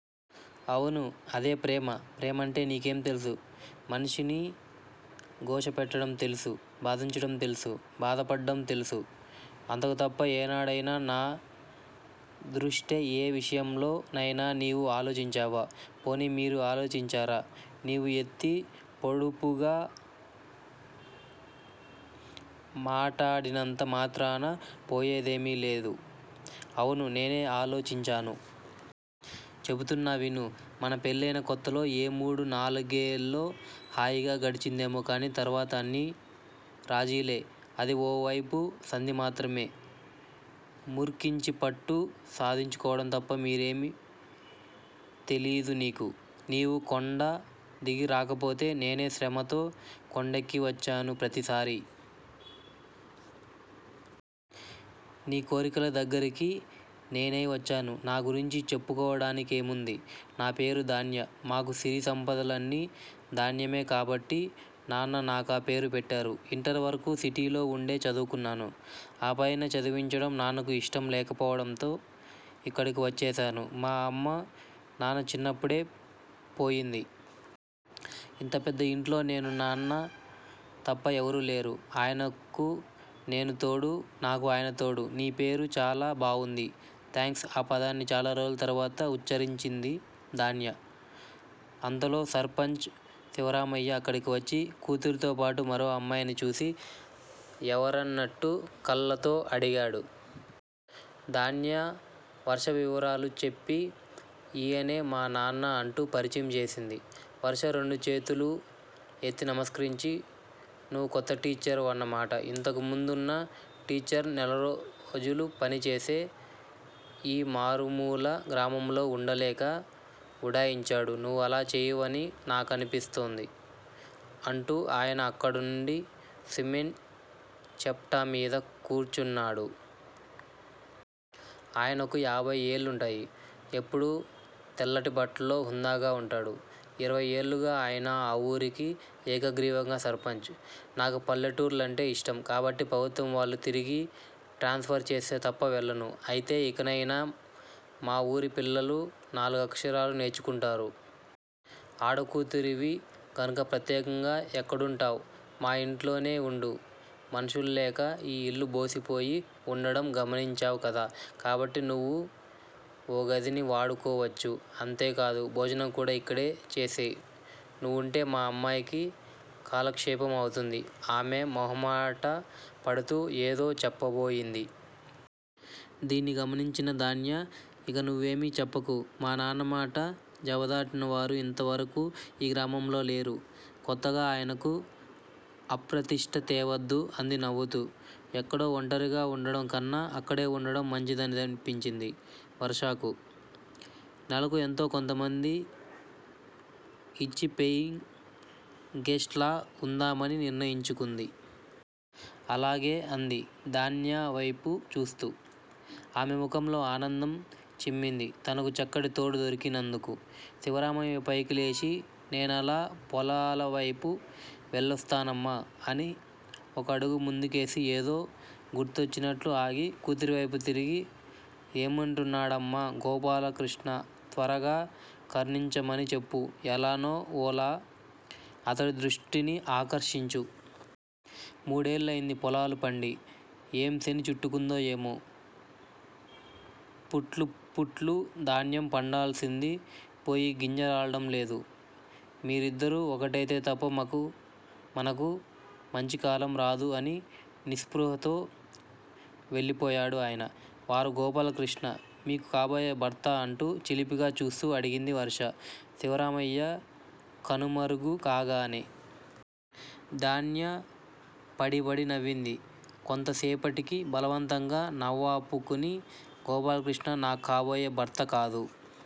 అవును, అదే ప్రేమ-- ప్రేమంటే నీకేం తెలుసు? మనిషిని ఘోష పెట్టడం తెలుసు? బాధించటం తెలుసు, బాధపడ్డం తెలుసు. అంతకు తప్ప ఏనాడయినా నా దృష్ట్యా ఏ విషయంలో నైనా నీవు ఆలోచించావా? పోనీ మీరు ఆలోచించారా? నీవు ఎత్తి పొడుపుగా మాటాడినంత మాత్రాన పోయేదేమీలేదు అవును నేనే ఆలోచించాను. చెబుతున్నా విను. మన పెళ్ళయిన కొత్తలో ఏ మూడు నాలుగేల్లో హాయిగా గడిచిందేమో కాని తర్వాత అన్ని రాజీలే-- అది ఓ వైపు సంధి మాత్రమే. ముర్ఖించి పట్టు సాధించుకోవడం తప్ప మీరేమీ తెలీయదు నీకు. నీవు కొండ దిగి రాకపోతే నేనే శ్రమతో కొండెక్కి వచ్చాను ప్రతిసారి. నీ కోరికల దగ్గరికి నేనై వచ్చాను. నా గురించి చెప్పుకోవడానికేముంది? నాపేరు ధాన్య. మాకు సిరి సంపదలన్నీ ధాన్యమే కాబట్టి నాన్న నాకా పేరు పెట్టారు. ఇంటర్ వరకు సిటీలో వుండే చదువుకున్నాను. ఆపైన చదివించడం నాన్నకు ఇష్టం లేకపోవడంతో ఇక్కడకు వచ్చేశాను. మా అమ్మ నాన్న చిన్నప్పుడే పోయింది. ఇంత పెద్ద ఇంట్లో నేనూ నాన్న తప్ప ఎవరూ లేరు. ఆయనకు నేను తోడు, నాకు ఆయన తోడు. నీ పేరు చాలా బావుంది. థాంక్స్ ఆ పదాన్ని చాలారోజుల తరువాత ఉచ్ఛరించింది ధాన్య. అంతలో సర్పంచ్ శివరామయ్య అక్కడికి వచ్చి కూతురితోపాటు మరో అమ్మాయిని చూసి, ఎవరన్నట్టు కళ్ళతో అడిగాడు. ధాన్య వర్ష వివరాలు చెప్పి ఈయనే మా నాన్న అంటూ పరిచయం చేసింది. వర్ష రెండు చేతులూ ఎత్తి నమస్కరించి. నువ్వు కొత్త టీచర్ వన్న మాట. ఇంతకు ముందున్న టీచర్ నెలరోజులు పనిచేసే ఈ మారుమూల గ్రామంలో వుండలేక ఉడాయించాడు. నువ్వు అలా చెయ్యవని నాకనిపిస్తోంది అంటూ ఆయన అక్కడునుండి సిమెంట్ చప్టా మీద కూర్చున్నాడు. ఆయనకు ఏభై ఏళ్ళుంటాయి. ఎప్పుడూ తెల్లటి బట్టల్లో హుందాగా వుంటాడు. ఇరవై ఏళ్ళుగా ఆయనే ఆ వూరికి ఏకగ్రీవంగా సర్పంచ్. నాకు పల్లెటూర్లంటే ఇష్టం. కాబట్టి ప్రభుత్వం వాళ్ళు తిరిగి ట్రాన్స్ ఫర్ చేస్తే తప్ప వెళ్ళను. అయితే ఇకనయినా మా ఊరి పిల్లలు నాలుగక్షరాలు నేర్చుకుంటారు. ఆడకూతురివి గనుక ప్రత్యేకంగా ఎక్కడుంటావ్? మా ఇంట్లోనే వుండు. మనుషుల్లేక ఈ ఇల్లు బోసిపోయి వుండడం గమనించావ్ కదా. కాబట్టి నువ్వు ఓగదిని వాడుకోవచ్చు. అంతే కాదు. భోజనం కూడా ఇక్కడే చేసెయ్. నువ్వుంటే మా అమ్మాయికీ కాలక్షేపం అవుతుంది. ఆమె మొహమాటపడతూ ఏదో చెప్పబోయింది. దీన్ని గమనించిన ధాన్య ఇక నువ్వేమీ చెప్పకు. మా నాన్న మాట జవదాటినవారు ఇంతవరకూ ఈ గ్రామంలో లేరు. కొత్తగా ఆయనకు అప్రతిష్ట తేవద్దు అంది నవ్వుతూ. ఎక్కడో ఒంటరిగా వుండడం కన్నా అక్కడే వుండడం మంచిదనిపించింది. వర్షాకు. నెలకు ఎంతో కొంత మంది ఇచ్చి పెయింగ్ గెస్ట్ లా వుందామని నిర్ణయించుకుంది. అలాగే అంది ధాన్యవైపు చూస్తూ. ఆమె ముఖంలో ఆనందం చిమ్మింది, తనకు చక్కటి తోడు దొరికి నందుకు. శివరామయ్య పైకి లేచి నేనలా పొలాలవైపు వెళ్ళొస్తానమ్మా అని ఒకడుగు ముందుకేసి ఏదో గుర్తొచ్చినట్లు ఆగి కూతురివైపు తిరిగి ఏమంటున్నాడమ్మా గోపాలకృష్ణ? త్వరగా కరుణించమణి చెప్పు. ఎలానో ఓలా అతని దృష్టిని ఆకర్షించు. మూడేళ్ళయింది పొలాలు పండి. ఏం శని చుట్టుకుందో ఏమో? పుట్లు పుట్లు ధాన్యం పండాల్సింది పోయి గింజ రాలడం లేదు. మీరిద్దరూ ఒకటైతే తప్ప మాకు మనకు మంచికాలం రాదు అని నిస్పృహతో వెళ్ళిపోయాడు ఆయన. వారు గోపాలకృష్ణ? మీకు కాబోయే భర్తా అంటూ చిలిపిగా చూస్తూ అడిగింది వర్ష శివరామయ్య కనుమరుగు కాగానే. ధాన్య పడీ పడీ నవ్వింది. కొంతసేపటికి బలవంతంగా నవ్వాపూకుని గోపాలకృష్ణ నాక్కాబోయే భర్త కాదు.